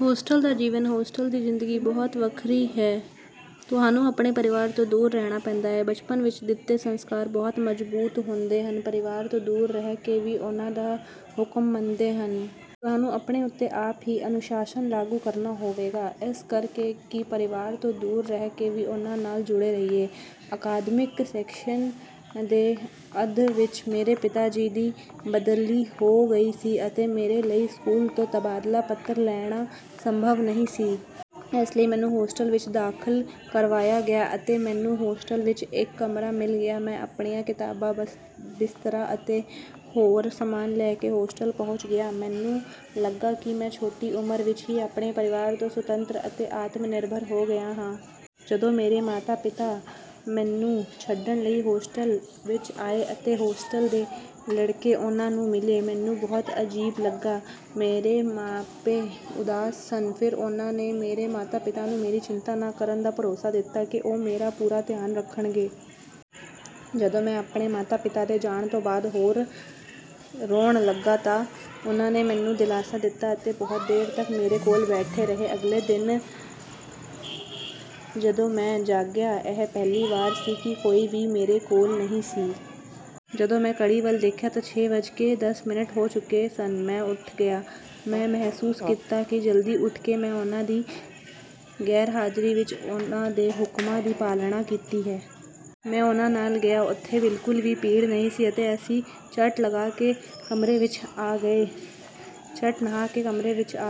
Hostel ਦਾ ਜੀਵਨ hostel ਦੀ ਜ਼ਿੰਦਗੀ ਬਹੁਤ ਵੱਖਰੀ ਹੈ ਤੁਹਾਨੂੰ ਆਪਣੇ ਪਰਿਵਾਰ ਤੋਂ ਦੂਰ ਰਹਿਣਾ ਪੈਂਦਾ ਹੈ। ਬਚਪਨ ਵਿੱਚ ਦਿੱਤੇ ਸੰਸਕਾਰ ਬਹੁਤ ਮਜ਼ਬੂਤ ਹੁੰਦੇ ਹਨ। ਪਰਿਵਾਰ ਤੋਂ ਦੂਰ ਰਹਿ ਕੇ ਵੀ ਉਨ੍ਹਾਂ ਦਾ ਹੁਕਮ ਮੰਨਦੇ ਹਨ। ਤੁਹਾਨੂੰ ਆਪਣੇ ਉੱਤੇ ਆਪ ਹੀ ਅਨੁਸ਼ਾਸਨ ਲਾਗੂ ਕਰਨਾ ਹੋਵੇਗਾ। ਇਸ ਕਰ ਕੇ ਕਿ ਪਰਿਵਾਰ ਤੋਂ ਦੂਰ ਰਹਿ ਕੇ ਵੀ ਉਨ੍ਹਾਂ ਨਾਲ ਜੁੜੇ ਰਹੀਏ। ਅਕਾਦਮਿਕ ਸੈਸ਼ਨ ਦੇ ਅੱਧ ਵਿਚ ਮੇਰੇ ਪਿਤਾ ਜੀ ਦੀ ਬਦਲੀ ਹੋ ਗਈ ਸੀ ਅਤੇ ਮੇਰੇ ਲਈ ਸਕੂਲ ਤੋਂ ਤਬਾਦਲਾ ਪੱਤਰ ਲੈਣਾ ਸੰਭਵ ਨਹੀਂ ਸੀ। ਇਸ ਲਈ ਮੈਨੂੰ ਹੋਸਟਲ ਵਿੱਚ ਦਾਖਲ ਕਰਵਾਇਆ ਗਿਆ। ਅਤੇ ਮੈਨੂੰ ਹੋਸਟਲ ਵਿੱਚ ਇੱਕ ਕਮਰਾ ਮਿਲ ਗਿਆ। ਮੈਂ ਆਪਣੀਆਂ ਕਿਤਾਬਾਂ, ਬਿਸਤਰਾ ਅਤੇ ਹੋਰ ਸਮਾਨ ਲੈ ਕੇ ਹੋਸਟਲ ਪਹੁੰਚ ਗਿਆ। ਮੈਨੂੰ ਲੱਗਾ ਕਿ ਮੈਂ ਛੋਟੀ ਉਮਰ ਵਿੱਚ ਹੀ ਆਪਣੇ ਪਰਿਵਾਰ ਤੋਂ ਸੁਤੰਤਰ ਅਤੇ ਆਤਮਨਿਰਭਰ ਹੋ ਗਿਆ ਹਾਂ। ਜਦੋਂ ਮੇਰੇ ਮਾਤਾ-ਪਿਤਾ ਮੈਨੂੰ ਛੱਡਣ ਲਈ ਹੋਸਟਲ ਵਿੱਚ ਆਏ ਅਤੇ ਹੋਸਟਲ ਦੇ ਲੜਕੇ ਉਨ੍ਹਾਂ ਨੂੰ ਮਿਲੇ। ਮੈਨੂੰ ਬਹੁਤ ਅਜੀਬ ਲੱਗਾ। ਮੇਰੇ ਮਾਪੇ ਉਦਾਸ ਸਨ। ਫਿਰ ਉਹਨਾਂ ਨੇ ਮੇਰੇ ਮਾਤਾ-ਪਿਤਾ ਨੂੰ ਮੇਰੀ ਚਿੰਤਾ ਨਾ ਕਰਨ ਦਾ ਭਰੋਸਾ ਦਿੱਤਾ ਕਿ ਉਹ ਮੇਰਾ ਪੂਰਾ ਧਿਆਨ ਰੱਖਣਗੇ। ਜਦੋਂ ਮੈਂ ਆਪਣੇ ਮਾਤਾ-ਪਿਤਾ ਦੇ ਜਾਣ ਤੋਂ ਬਾਅਦ ਰੋਣ ਲੱਗਾ ਤਾਂ ਉਨ੍ਹਾਂ ਨੇ ਮੈਨੂੰ ਦਿਲਾਸਾ ਦਿੱਤਾ ਅਤੇ ਬਹੁਤ ਦੇਰ ਤੱਕ ਮੇਰੇ ਕੋਲ ਬੈਠੇ ਰਹੇ। ਅਗਲੇ ਦਿਨ ਜਦੋਂ ਮੈਂ ਜਾਗਿਆ, ਇਹ ਪਹਿਲੀ ਵਾਰ ਸੀ ਕਿ ਕੋਈ ਵੀ ਮੇਰੇ ਕੋਲ ਨਹੀਂ ਸੀ। ਜਦੋਂ ਮੈਂ ਘੜੀ ਵੱਲ ਦੇਖਿਆ ਤਾਂ ਛੇ ਵੱਜ ਕੇ ਦਸ ਮਿੰਟ ਹੋ ਚੁੱਕੇ ਸਨ। ਮੈਂ ਉਠ ਗਿਆ ਮੈਂ ਮਹਿਸੂਸ ਕੀਤਾ ਕਿ ਜਲਦੀ ਉੱਠ ਕੇ ਮੈਂ ਉਹਨਾਂ ਦੀ ਗੈਰਹਾਜ਼ਰੀ ਵਿੱਚ ਉਹਨਾਂ ਦੇ ਹੁਕਮਾਂ ਦੀ ਪਾਲਣਾ ਕੀਤੀ ਹੈ। ਮੈਂ ਉਨ੍ਹਾਂ ਨਾਲ ਗਿਆ। ਉੱਥੇ ਬਿਲਕੁਲ ਵੀ ਭੀੜ ਨਹੀਂ ਸੀ ਅਤੇ ਅਸੀਂ ਝੱਟ ਨਹਾ ਕੇ ਕਮਰੇ ਵਿੱਚ ਆ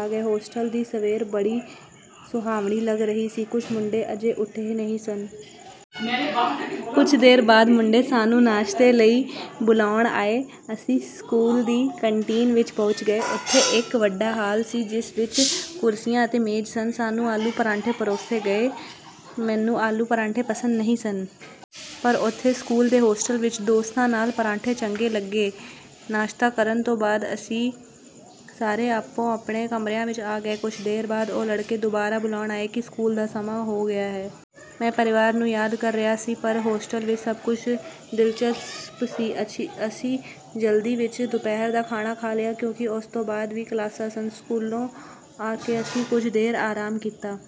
ਗਏ। ਹੋਸਟਲ ਦੀ ਸਵੇਰ ਬੜੀ ਸੁਹਾਵਣੀ ਲੱਗ ਰਹੀ ਸੀ। ਕੁਝ ਮੁੰਡੇ ਅਜੇ ਉਠੇ ਨਹੀਂ ਸਨ। ਕੁਝ ਦੇਰ ਬਾਅਦ ਮੁੰਡੇ ਸਾਨੂੰ ਨਾਸ਼ਤੇ ਲਈ ਬੁਲਾਉਣ ਆਏ। ਅਸੀਂ ਸਕੂਲ ਦੀ ਕੰਟੀਨ ਵਿੱਚ ਪਹੁੰਚ ਗਏ। ਉੱਥੇ ਇੱਕ ਵੱਡਾ ਹਾਲ ਸੀ। ਜਿਸ ਵਿੱਚ ਕੁਰਸੀਆਂ ਅਤੇ ਮੇਜ਼ ਸਨ। ਸਾਨੂੰ ਆਲੂ ਪਰਾਠੇ ਪਰੋਸੇ ਗਏ। ਮੈਨੂੰ ਆਲੂ ਪਰਾਠੇ ਪਸੰਦ ਨਹੀਂ ਸਨ। ਪਰ ਉਥੇ ਸਕੂਲ ਦੇ ਹੋਸਟਲ ਵਿਚ ਦੋਸਤਾਂ ਨਾਲ ਪਰਾਠੇ ਚੰਗੇ ਲੱਗੇ। ਨਾਸ਼ਤਾ ਕਰਨ ਤੋਂ ਬਾਅਦ ਅਸੀਂ ਸਾਰੇ ਆਪੋ-ਆਪਣੇ ਕਮਰਿਆਂ ਵਿਚ ਆ ਗਏ। ਕੁਝ ਦੇਰ ਬਾਅਦ ਉਹ ਲੜਕੇ ਦੁਬਾਰਾ ਬੁਲਾਉਣ ਆਏ ਕਿ ਸਕੂਲ ਦਾ ਸਮਾਂ ਹੋ ਗਿਆ ਹੈ। ਮੈਂ ਪਰਿਵਾਰ ਨੂੰ ਯਾਦ ਕਰ ਰਿਹਾ ਸੀ ਪਰ ਹੋਸਟਲ ਵਿੱਚ ਸਭ ਕੁਝ ਦਿਲਚਸਪ ਸੀ। ਅਸੀਂ ਜਲਦੀ ਵਿਚ ਦੁਪਹਿਰ ਦਾ ਖਾਣਾ ਖਾ ਲਿਆ ਕਿਉਂਕਿ ਉਸ ਤੋਂ ਬਾਅਦ ਵੀ ਕਲਾਸਾਂ ਸਨ। ਸਕੂਲੋਂ ਆ ਕੇ ਅਸੀਂ ਕੁਝ ਦੇਰ ਆਰਾਮ ਕੀਤਾ।